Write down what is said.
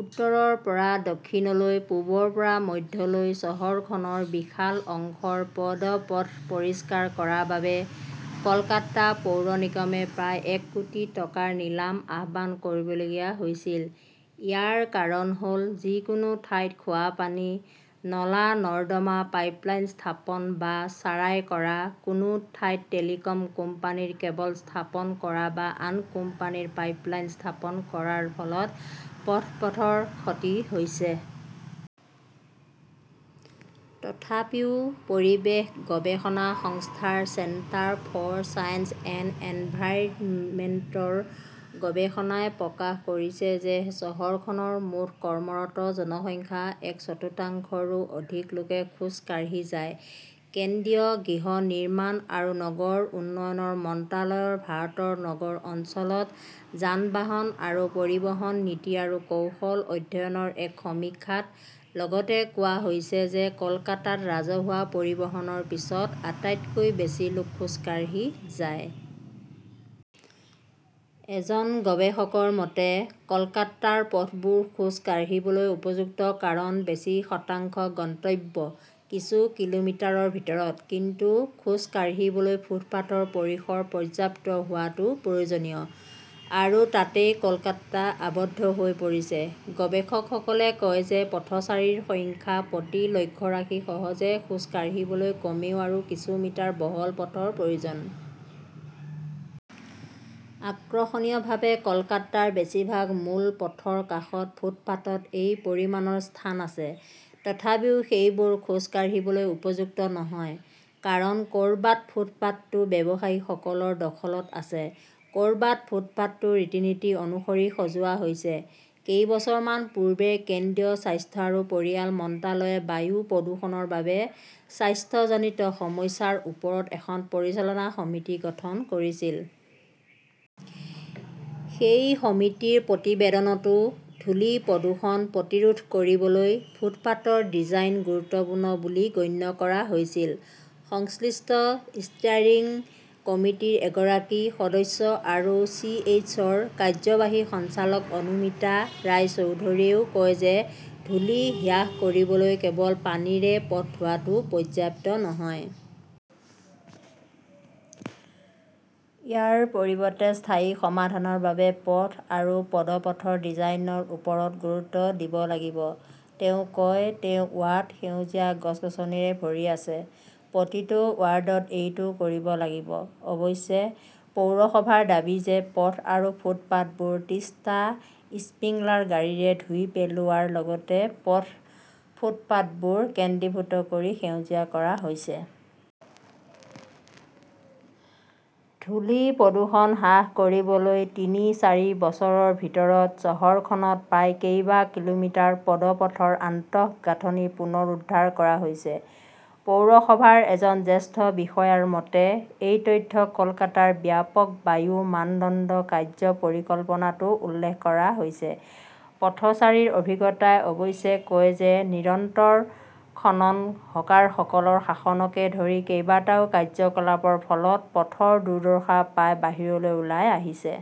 উত্তৰৰ পৰা দক্ষিণলৈ, পূবৰ পৰা মধ্যলৈ, চহৰখনৰ বিশাল অংশৰ পদপথ পৰিষ্কাৰ কৰাৰ বাবে কলকাতা পৌৰ নিগমে প্ৰায় এক কোটি টকাৰ নিলাম আহ্বান কৰিবলগীয়া হৈছিল! ইয়াৰ কাৰণ হ'ল, যিকোনো ঠাইত খোৱা পানী, নলা-নৰ্দমা পাইপলাইন স্থাপন বা চাৰাই কৰা, কোনো ঠাইত টেলিকম কোম্পানীৰ কেবল স্থাপন কৰা বা আন কোম্পানীৰ পাইপলাইন স্থাপন কৰাৰ ফলত পদপথৰ ক্ষতি হৈছে। তথাপিও, পৰিৱেশ গৱেষণা সংস্থা চেণ্টাৰ ফৰ ছায়েন্স এণ্ড এনভাইৰনমেণ্টৰ গৱেষণাই প্ৰকাশ কৰিছে যে চহৰখনৰ মুঠ কৰ্মৰত জনসংখ্যাৰ এক চতুৰ্থাংশৰো অধিক লোকে খোজ কাঢ়ি যায়। কেন্দ্ৰীয় গৃহ নিৰ্মাণ আৰু নগৰ উন্নয়ন মন্ত্ৰালয়ৰ ভাৰতৰ নগৰ অঞ্চলত যান-বাহন আৰু পৰিবহণ নীতি আৰু কৌশল অধ্যয়নৰ এক সমীক্ষাত লগতে কোৱা হৈছে যে কলকাতাত ৰাজহুৱা পৰিবহণৰ পিছত আটাইতকৈ বেছি লোক খোজ কাঢ়ি যায়। এজন গৱেষকৰ মতে, কলকাতাৰ পথবোৰ খোজ কাঢ়িবলৈ উপযুক্ত কাৰণ বেছি শতাংশ গন্তব্য কিছু কিলোমিটাৰৰ ভিতৰত। কিন্তু খোজ কাঢ়িবলৈ ফুটপাতৰ পৰিসৰ পৰ্যাপ্ত হোৱাটো প্ৰয়োজনীয়। আৰু তাতেই কলকাতা আবদ্ধ হৈ পৰিছে। গৱেষকসকলে কয় যে পথচাৰীৰ সংখ্যাৰ প্ৰতি লক্ষ্য ৰাখি সহজে খোজ কাঢ়িবলৈ কমেও‌ আৰু কিছু মিটাৰ বহল পথৰ প্ৰয়োজন। আৰ্কষণীয়ভাৱে, কলকাতাৰ বেছিভাগ মূল পথৰ কাষৰ ফুটপাতত এই পৰিমাণৰ স্থান আছে। তথাপিও সেইবোৰ খোজ কাঢ়িবলৈ উপযুক্ত নহয়। কাৰণ ক'ৰবাত ফুটপাতটো ব্যৱসায়ী সকলৰ দখলত আছে, ক'ৰবাত ফুটপাতটো ৰীতি-নীতি অনুসৰি সজোৱা হৈছে। কেইবছৰমান পূৰ্বে কেন্দ্ৰীয় স্বাস্থ্য আৰু পৰিয়াল মন্ত্ৰালয়ে বায়ু প্ৰদূষণৰ বাবে স্বাস্থ্যজনিত সমস্যাৰ ওপৰত এখন পৰিচালনা সমিতি গঠন কৰিছিল। সেই সমিতিৰ প্ৰতিবেদনতো ধূলি-প্ৰদূষণ প্ৰতিৰোধ কৰিবলৈ ফুটপাতৰ ডিজাইন গুৰুত্বপূৰ্ণ বুলি গণ্য কৰা হৈছিল। সংশ্লিষ্ট ষ্টেয়াৰিং কমিটিৰ এগৰাকী সদস্য আৰু চিএছইৰ কাৰ্যবাহী সঞ্চালক অনুমিতা ৰায়চৌধৰীয়েও কয় যে ধূলি হ্ৰাস কৰিবলৈ কেৱল পানীৰে পথ ধোৱাটো পৰ্যাপ্ত নহয়। ইয়াৰ পৰিৱৰ্তে স্থায়ী সমাধানৰ বাবে পথ আৰু পদপথৰ ডিজাইনৰ ওপৰত গুৰুত্ব দিব লাগিব। তেওঁ কয়, তেওঁৰ ৱাৰ্ড সেউজীয়া গছ-গছনিৰে ভৰি আছে। প্ৰতিটো ৱাৰ্ডত এইটো কৰিব লাগিব। অৱশ্যে, পৌৰসভাৰ দাবী যে পথ আৰু ফুটপাতবোৰ ত্ৰিশটা স্প্ৰিংলাৰ গাড়ীৰে ধুই পেলোৱাৰ লগতে পথ, ফুটপাতবোৰ কেন্দ্ৰীভূত কৰি সেউজীয়া কৰা হৈছে। ধূলি-প্ৰদূষণ হ্ৰাস কৰিবলৈ তিনি-চাৰি বছৰৰ ভিতৰত চহৰখনত প্ৰায় কেইবা কিলোমিটাৰ পদপথৰ আন্তঃগাঁথনি পুনৰুদ্ধাৰ কৰা হৈছে, পৌৰসভাৰ এজন জ্যেষ্ঠ বিষয়াৰ মতে। এই তথ্য কলকাতাৰ ব্যাপক বায়ু মানদণ্ড কাৰ্য্য পৰিকল্পনাতো উল্লেখ কৰা হৈছে। পথচাৰীৰ অভিজ্ঞতাই অৱশ্যে কয় যে নিৰন্তৰ খনন, হকাৰসকলৰ শাসনকে ধৰি কেইবাটাও কাৰ্যকলাপৰ ফলত পথৰ দুৰ্দশা প্ৰায়ে বাহিৰলৈ ওলাই আহিছে।